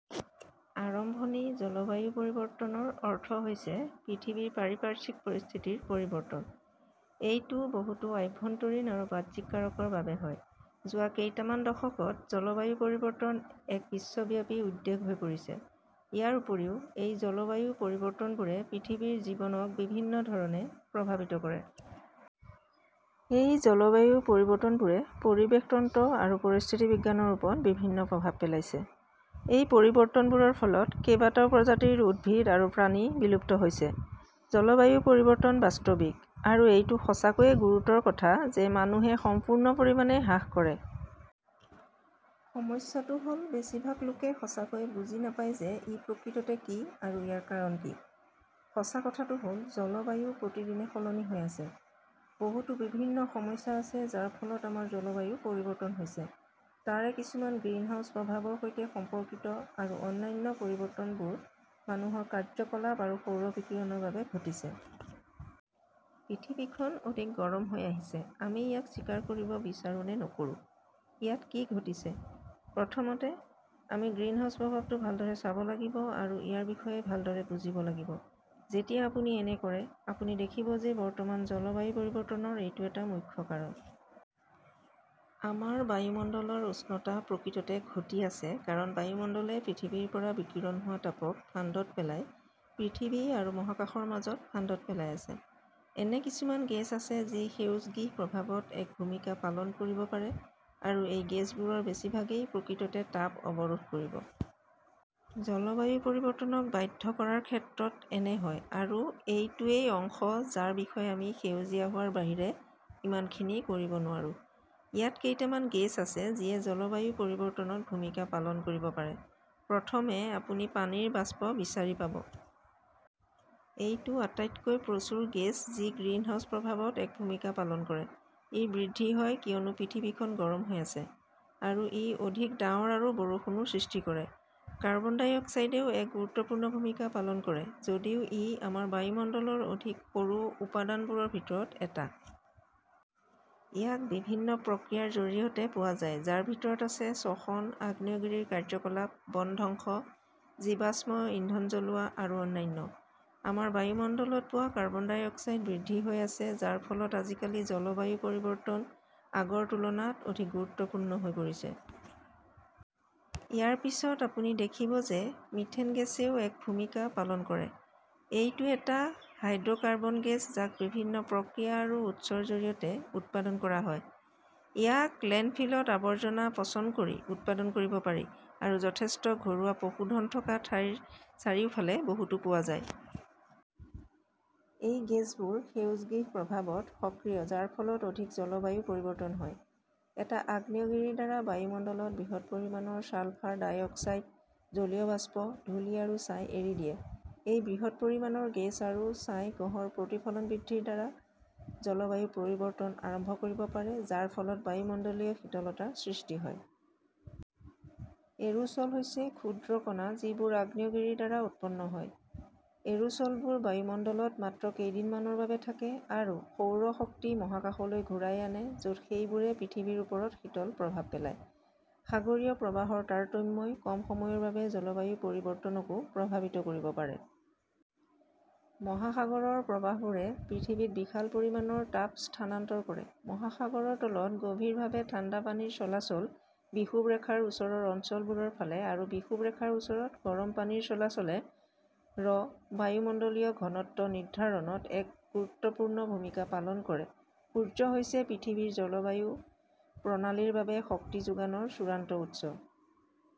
আৰম্ভণি জলবায়ু পৰিৱৰ্তন ৰ অৰ্থ হৈছে পৃথিৱীৰ পাৰিপাৰ্শ্বিক পৰিস্থিতিৰ পৰিৱৰ্তন। এইটো বহুতো আভ্যন্তৰীণ আৰু বাহ্যিক কাৰকৰ বাবে হয়। যোৱা কেইটামান দশকত জলবায়ু পৰিৱৰ্তন এক বিশ্বব্যাপী উদ্বেগহৈ পৰিছে। ইয়াৰ উপৰিও, এই জলবায়ুপৰিৱৰ্তনবোৰে পৃথিৱীৰ জীৱনক বিভিন্ন ধৰণে প্ৰভাৱিত কৰে। এই জলবায়ু পৰিৱৰ্তনবোৰে পৰিৱেশ তন্ত্ৰ আৰু পৰিস্থিতিবিজ্ঞানৰ ওপৰত বিভিন্ন প্ৰভাৱ পেলাইছে। এই পৰিৱৰ্তনবোৰৰ ফলত, কেইবাটাও প্ৰজাতিৰ উদ্ভিদ আৰু প্ৰাণী বিলুপ্ত হৈছে। জলবায়ু পৰিৱৰ্তন বাস্তৱিক, আৰু এইটো সঁচাকৈয়ে গুৰুতৰ কথা যে মানুহে সম্পূৰ্ণ পৰিমাণে হ্ৰাস কৰে। সমস্যাটো হ'ল বেছিভাগ লোকে সঁচাকৈয়ে বুজি নাপায় যে ই প্ৰকৃততে কি, আৰু ইয়াৰ কাৰণ কি। সঁচা কথাটো হ'ল, জলবায়ু প্ৰতিদিনে সলনি হৈ আছে। বহুতো বিভিন্ন সমস্যা আছে যাৰ ফলত আমাৰ জলবায়ু পৰিৱৰ্তন হৈছে, তাৰে কিছুমান গ্ৰীণহাউচ প্ৰভাৱৰ সৈতে সম্পৰ্কিত, আৰু অন্যান্য পৰিৱৰ্তনবোৰ মানুহৰ কাৰ্যকলাপ আৰু সৌৰ বিকিৰণৰ বাবে ঘটিছে। পৃথিৱীখন অধিক গৰম হৈ আহিছে, আমি ইয়াক স্বীকাৰ কৰিব বিচাৰো নে নকৰোঁ। ইয়াত কি ঘটিছে। প্ৰথমতে, আমি গ্ৰীণহাউচ প্ৰভাৱটো ভালদৰে চাব লাগিব আৰু ইয়াৰ বিষয়ে ভালদৰে বুজিব লাগিব। যেতিয়া আপুনি এনে কৰে, আপুনি দেখিব যে বৰ্তমান জলবায়ু পৰিৱৰ্তনৰ এইটো এটা মুখ্য কাৰণ। আমাৰ বায়ুমণ্ডলৰ উষ্ণতা প্ৰকৃততে ঘটি আছে কাৰণ বায়ুমণ্ডলে পৃথিৱীৰ পৰা বিকিৰণ হোৱা তাপক ফান্দত পেলাই পৃথিৱী আৰু মহাকাশৰ মাজত ফান্দত পেলাই আছে। এনে কিছুমান গেছ আছে যি সেউজগৃহ প্ৰভাৱত এক ভূমিকা পালন কৰিব পাৰে, আৰু এই গেছবোৰৰ বেছিভাগেই প্ৰকৃততে তাপ অৱৰোধ কৰিব। জলবায়ু পৰিৱৰ্তনক বাধ্য কৰাৰ ক্ষেত্ৰত এনে হয়, আৰু এইটো ৱেই অংশ যাৰ বিষয়ে আমি সেউজীয়া হোৱাৰ বাহিৰে ইমান খিনি কৰিব নোৱাৰো। ইয়াত কেইটামান গেছ আছে যিয়ে জলবায়ু পৰিৱৰ্তনত ভূমিকা পালন কৰিব পাৰে। প্ৰথমে, আপুনি পানীৰ বাষ্প বিচাৰি পাব। এইটো আটাইতকৈ প্ৰচুৰ গেছ যি গ্ৰীণহাউচ প্ৰভাৱত এক ভূমিকা পালন কৰে। ই বৃদ্ধি হয় কিয়নো পৃথিৱী খন গৰম হৈ আছে, আৰু ই অধিক ডাৱৰ আৰু বৰষুণো সৃষ্টি কৰে। কাৰ্বন ডাই অক্সাইডেও এক গুৰুত্বপূৰ্ণ ভূমিকা পালন কৰে, যদিও ই আমাৰ বায়ুমণ্ডলৰ অধিক সৰু উপাদানবোৰৰ ভিতৰত এটা। ইয়াক বিভিন্ন প্ৰক্ৰিয়াৰ জৰিয়তে পোৱা যায়, যাৰ ভিতৰত আছে শ্বসন, আগ্নেয়গিৰিৰ কাৰ্যকলাপ, বনধ্বংস, জীৱাশ্ম ইন্ধন জ্বলোৱা, আৰু অন্যান্য। আমাৰ বায়ুমণ্ডলত পোৱা কাৰ্বন ডাই অক্সাইড বৃদ্ধি হৈ আছে, যাৰ ফলত আজিকালি জলবায়ু পৰিৱৰ্তন আগৰ তুলনাত অধিক গুৰুত্বপূৰ্ণ হৈ পৰিছে। ইয়াৰ পিছত, আপুনি দেখিব যে মিথেন গেছেও এক ভূমিকা পালন কৰে। এইটো এটা হাইড্ৰ'কাৰ্বন গেছ যাক বিভিন্ন প্ৰক্ৰিয়া আৰু উৎসৰ জৰিয়তে উৎপাদন কৰা হয়। ইয়াক লেণ্ডফিলত আৱৰ্জনা পচন কৰি উৎপাদন কৰিব পাৰি, আৰু যথেষ্ট ঘৰুৱা পশুধন থকা ঠাইৰ চাৰিওফালে বহুতো পোৱা যায়। এই গেছবোৰ সেউজগৃহ প্ৰভাৱত সক্ৰিয়, যাৰ ফলত অধিক জলবায়ু পৰিৱৰ্তন হয়। এটা আগ্নেয়গিৰিৰ দ্বাৰা বায়ুমণ্ডলত বৃহৎ পৰিমাণৰ ছালফাৰ ডাই অক্সাইড, জলীয় বাষ্প, ধূলি আৰু ছাই এৰি দিয়ে। এই বৃহৎ পৰিমাণৰ গেছ আৰু ছাই গ্ৰহৰ প্ৰতিফলনবৃদ্ধি ৰ দ্বাৰা জলবায়ু পৰিৱৰ্তন আৰম্ভ কৰিব পাৰে যাৰ ফলত বায়ুমণ্ডলীয় শীতলতা সৃষ্টি হয়। এৰোচ'ল হৈছে ক্ষুদ্ৰ কণা যিবোৰ আগ্নেয়গিৰিৰ দ্বাৰা উৎপন্ন হয়। এৰোচ'লবোৰ বায়ুমণ্ডলত মাত্ৰ কেইদিনমানৰ বাবে থাকে আৰু সৌৰ শক্তি মহাকাশলৈ ঘূৰাই আনে য'ত সেইবোৰে পৃথিৱীৰ ওপৰত শীতল প্ৰভাৱ পেলায়। সাগৰীয় প্ৰবাহৰ তাৰতম্যই কম সময়ৰ বাবে জলবায়ু পৰিৱৰ্তনকো প্ৰভাৱিত কৰিব পাৰে। মহাসাগৰৰ প্ৰবাহবোৰে পৃথিৱীত বিশাল পৰিমাণৰ তাপ স্থানান্তৰ কৰে। মহাসাগৰৰ তলত গভীৰভাৱে ঠাণ্ডা পানীৰ চলাচল বিষুৱৰেখাৰ ওচৰৰ অঞ্চলবোৰৰ ফালে আৰু বিষুৱৰেখাৰ ওচৰত গৰম পানীৰ চলাচলে -ৰ বায়ুমণ্ডলীয় ঘনত্ব নিৰ্ধাৰণত এক গুৰুত্বপূৰ্ণ ভূমিকা পালন কৰে সূৰ্য হৈছে পৃথিৱীৰ জলবায়ু প্ৰণালীৰ বাবে শক্তিযোগানৰ চূড়ান্ত উৎস।